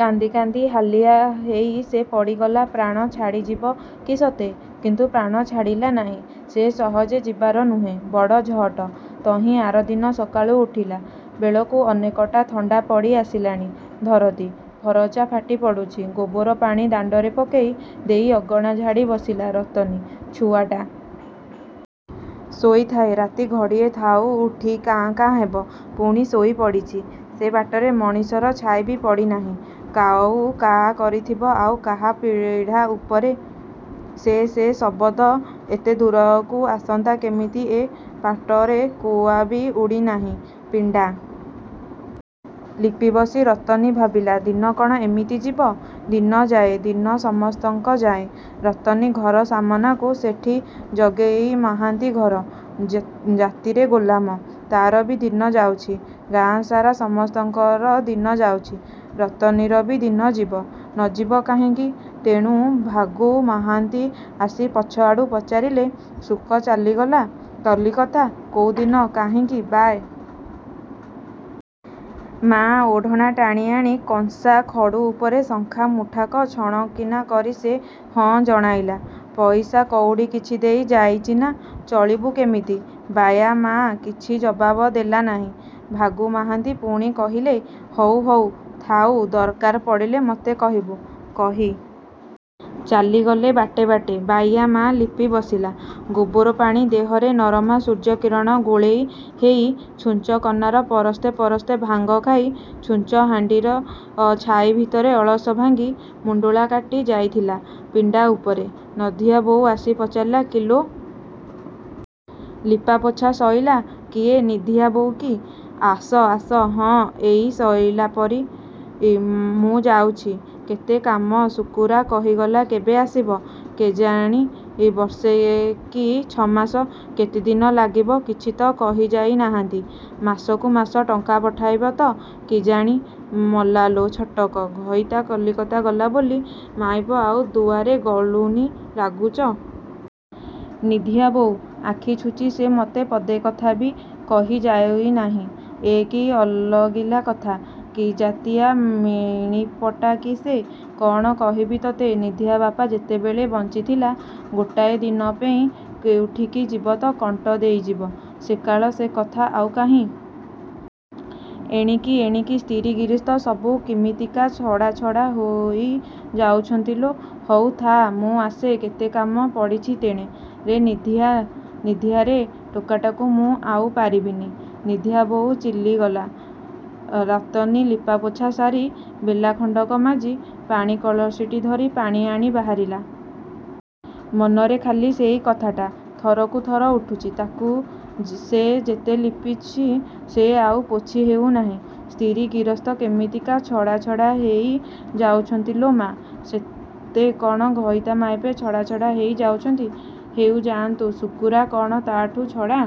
କାନ୍ଦି କାନ୍ଦି ହାଲିଆ ହେଇ ସେ ପଡ଼ିଗଲା। ପ୍ରାଣ ଛାଡ଼ି ଯିବ କି ସତେ! କିନ୍ତୁ ପ୍ରାଣ ଛାଡ଼ିଲା ନାହିଁ। ସେ ସହଜେ ଯିବାର ନୁହେଁ, ବଡ଼ ଝଅଟ। ତହିଁ ଆରଦିନ ସକାଳୁ ଉଠିଲା ବେଳକୁ ଅନେକଟା ଥଣ୍ଡା ପଡ଼ି ଆସିଲାଣି ଧରତୀ। ଫରଚା ଫାଟି ପଡ଼ୁଛି। ଗୋବର ପାଣି ଦାଣ୍ଡରେ ପକେଇ ଦେଇ ଅଗଣା ଝାଡ଼ି ବସିଲା ରତନୀ। ଛୁଆଟା ଶୋଇଥାଏ ରାତି ଘଡ଼ିଏ ଥାଉ ଉଠି କାଁ କାଁ ହେବ, ପୁଣି ଶୋଇ ପଡ଼ିଚି। ସେ ବାଟରେ ମଣିଷର ଛାଇବି ପଡ଼ି ନାହିଁ। କାଉ କାଆ କରିଥିବ ଆଉ କାହା ପିଢ଼ା ଉପରେ। ସେ ସେ ଶବଦ ଏତେ ଦୂରକୁ ଆସନ୍ତା କେମିତି ଏ ପଟରେ କୁଆବି ଉଡ଼ିନାହିଁ। ପିଣ୍ଡା ଲିପିବସି ରତନୀ ଭାବିଲା ଦିନ କ'ଣ ଏମିତି ଯିବ? ଦିନଯାଏ। ଦିନ ସମସ୍ତଙ୍କ ଯାଏଁ। ରତନୀ ଘର ସାମନାକୁ ସେଠି ଜଗେଇ ମହାନ୍ତି ଘର। ଜାତିରେ ଗୋଲାମ। ତା'ରବି ଦିନ ଯାଉଛି। ଗାଁସାରା ସମସ୍ତଙ୍କର ଦିନ ଯାଉଚି। ରତନୀରବି ଦିନ ଯିବ। ନଯିବ କାହିଁକି? ତେଣୁ ଭାଗୁ ମହାନ୍ତି ଆସି ପଛଆଡ଼ୁ ପଚାରିଲେ “ଶୁକ ଚାଲିଗଲା, କଲିକତା, କୋଉଦିନ କାହିଁକି?”ବାୟା ମା ଓଢ଼ଣା ଟାଣି ଆଣି, କଂସା ଖଡ଼ୁ ଉପରେ ଶଙ୍ଖା ମୁଠାକ ଝଣ କିନା କରି ସେ ‘ହଁ’ ଜଣାଇଲା।“ପଇସା କଉଡ଼ି କିଛି ଦେଇ ଯାଇଚିନା? ଚଳିବୁ କେମିତି?”ବାୟା ମା କିଛି ଜବାବ ଦେଲା ନାହିଁ। ଭାଗୁ ମହାନ୍ତି ପୁଣି କହିଲେ“ହଉ ହଉ, ଥାଉ ଦରକାର ପଡ଼ିଲେ ମୋତେ କହିବୁ।”କହି ଚାଲିଗଲେ ବାଟେ ବାଟେ। ବାଇୟା ମା ଲିପି ବସିଲା। ଗୋବର ପାଣି ଦେହରେ ନରମା ସୂର୍ଯ୍ୟ କିରଣ ଗୋଳେଇ ହେଇ, ଛୁଞ୍ଚ କନାରେ ପରସ୍ତେ ପରସ୍ତେ ଭାଙ୍ଗ ଖାଇ, ଛୁଞ୍ଚ ହାଣ୍ଡିର ଛାଇ ଭିତରେ ଅଳସ ଭାଙ୍ଗି, ମୁଣ୍ଡୁଳା କାଟି ଯାଉଥିଲା ପିଣ୍ଡା ଉପରେ। ନଧିଆ ବୋଉ ଆସି ପଚାରିଲା କିଲୋ? ଲିପା ପୋଛା ସଇଲା?”“କିଏ, ନିଧିଆ ବୋଉକି? ଆସ, ଆସ। ହଁ, ଏଇ ସଇଲାପରି!”“ମୁଁ ଯାଉଚି, କେତେ କାମ ଶୁକୁରା କହିଗଲା କେବେ ଆସିବ?”“କିଜାଣି ବର୍ଷେ କି ଛ'ମାସ, କେତେ ଦିନ ଲାଗିବ କିଛି ତ କହିଯାଇ ନାହାନ୍ତି।”“ମାସକୁ ମାସ ଟଙ୍କା ପଠାଇବ ତ?”“କିଜାଣି!”“ମଲାଲୋ ଛଟକ! ଘଇତା କଲିକତା ଗଲା ବୋଲି ମାଇପ ଆଉ ଦୁଆରେ ଗଳୁନି?”“ରାଗୁଚ, ନିଧିଆ ବୋଉ? ଆଖି ଛୁଚି ସେ ମୋତେ ପଦେକଥାବି କହି ଯାଇନାହିଁ?”“ଏ କି ଅଲାଗିଲା କଥା! କିଜାତିଆ ମିଣିପଟା କି ସେ! କ'ଣ କହିବି ତତେ ନିଧିଆ ବାପ ଯେତେବେଳେ ବଞ୍ଚିଥିଲା ଗୋଟାଏ ଦିନ ପେଇଁ କୋଉଠିକି ଯିବ ତ କଣ୍ଟ ଦେଇଯିବ ସେକାଳ ସେ କଥା ଆଉ କାହିଁ। ଏଣିକି ଏଣିକି ସ୍ତିରୀ ଗିରସ୍ତ ସବୁ କିମିତିକା ଛଡ଼ା ଛଡ଼ା ହେଇ ଯାଉଚନ୍ତି ଲୋ। ହଉ ଥା, ମୁଁ ଆସେ କେତେ କାମ ପଡ଼ିଚି ତେଣେ। ରେ ନିଧିଆ, ନିଧିଆରେ ଟୋକାଟାକୁ ମୁଁ ଆଉ ପାରିବିନି।”ନିଧିଆ ବୋଉ ଚାଲିଗଲା। ରତନୀ ଲିପାପୋଛା ସାରି, ବେଲା ଖଣ୍ଡକ ମାଜି, ପାଣି କଳସୀଟି ଧରି ପାଣିଆଣି ବାହାରିଲା। ମନରେ ଖାଲି ସେଇ କଥାଟା ଥରକୁଥର ଉଠୁଛି। ତାକୁ ସେ ଯେତେ ଲିପୁଛି, ସେ ଆଉ ପୋଛି ହେଉନାହିଁ“ସ୍ତିରୀ ଗିରସ୍ତ କିମିତିକା ଛଡ଼ା ଛଡ଼ା ହେଇ ଯାଉଚନ୍ତି ଲୋ ମା!”ସତେ କ'ଣ ଘଇତା ମାଇପେ ଛଡ଼ା ଛଡ଼ା ହେଇ ଯାଉଚନ୍ତି? ହେଉ ଯାଆନ୍ତି? ଶୁକୁରା କ'ଣ ତା'ଠୁ ଛଡ଼ା?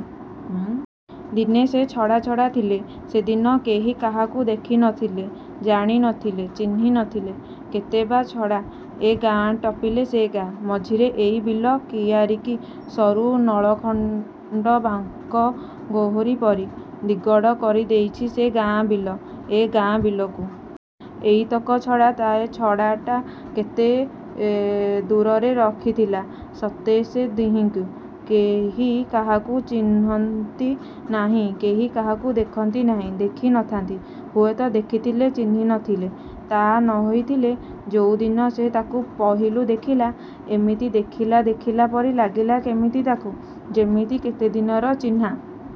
ଦିନେ ସେ ଛଡ଼ା ଛଡ଼ା ଥିଲେ। ସେ ଦିନ କେହି କାହାକୁ ଦେଖି ନଥିଲେ ଜାଣି ନଥିଲେ ଚିହ୍ନି ନଥିଲେ। କେତେ ବା ଛଡ଼ା? ଏ ଗାଁ ଟପିଲେ ସେ ଗାଁ। ମଝିରେ ଏଇ ବିଲ କିଆରିକି? ସରୁ ନାଳଖଣ୍ଡ ବାଙ୍କ ଗୋହରି ପରି। ଦିଗଡ଼ କରି ଦେଇଛି ସେ ଗାଁ ବିଲ, ଏ ଗାଁ ବିଲକୁ। ଏଇତକ ଛଡ଼ା ତ!ଏ ଛଡ଼ାଟା କେତେ ଦୂରରେ ରଖିଥିଲା ସତେ ସେ ଦିହିଁଙ୍କି? କେହି କାହାକୁ ଚିହ୍ନନ୍ତି ନାହିଁ କେହି କାହାକୁ ଦେଖନ୍ତି ନାହିଁ ଦେଖି ନଥାନ୍ତି। ହୁଏତ ଦେଖିଥିଲେ, ଚିହ୍ନି ନଥିଲେ। ତା' ନୋହିଥିଲେ ଯୋଉଦିନ ସେ ତାକୁ ପହିଲୁ ଦେଖିଲା, ଏମିତି ଦେଖିଲା ଦେଖିଲା ପରି ଲାଗିଲା କେମିତି ତାକୁ। ଯେମିତି କେତେ ଦିନର ଚିହ୍ନା!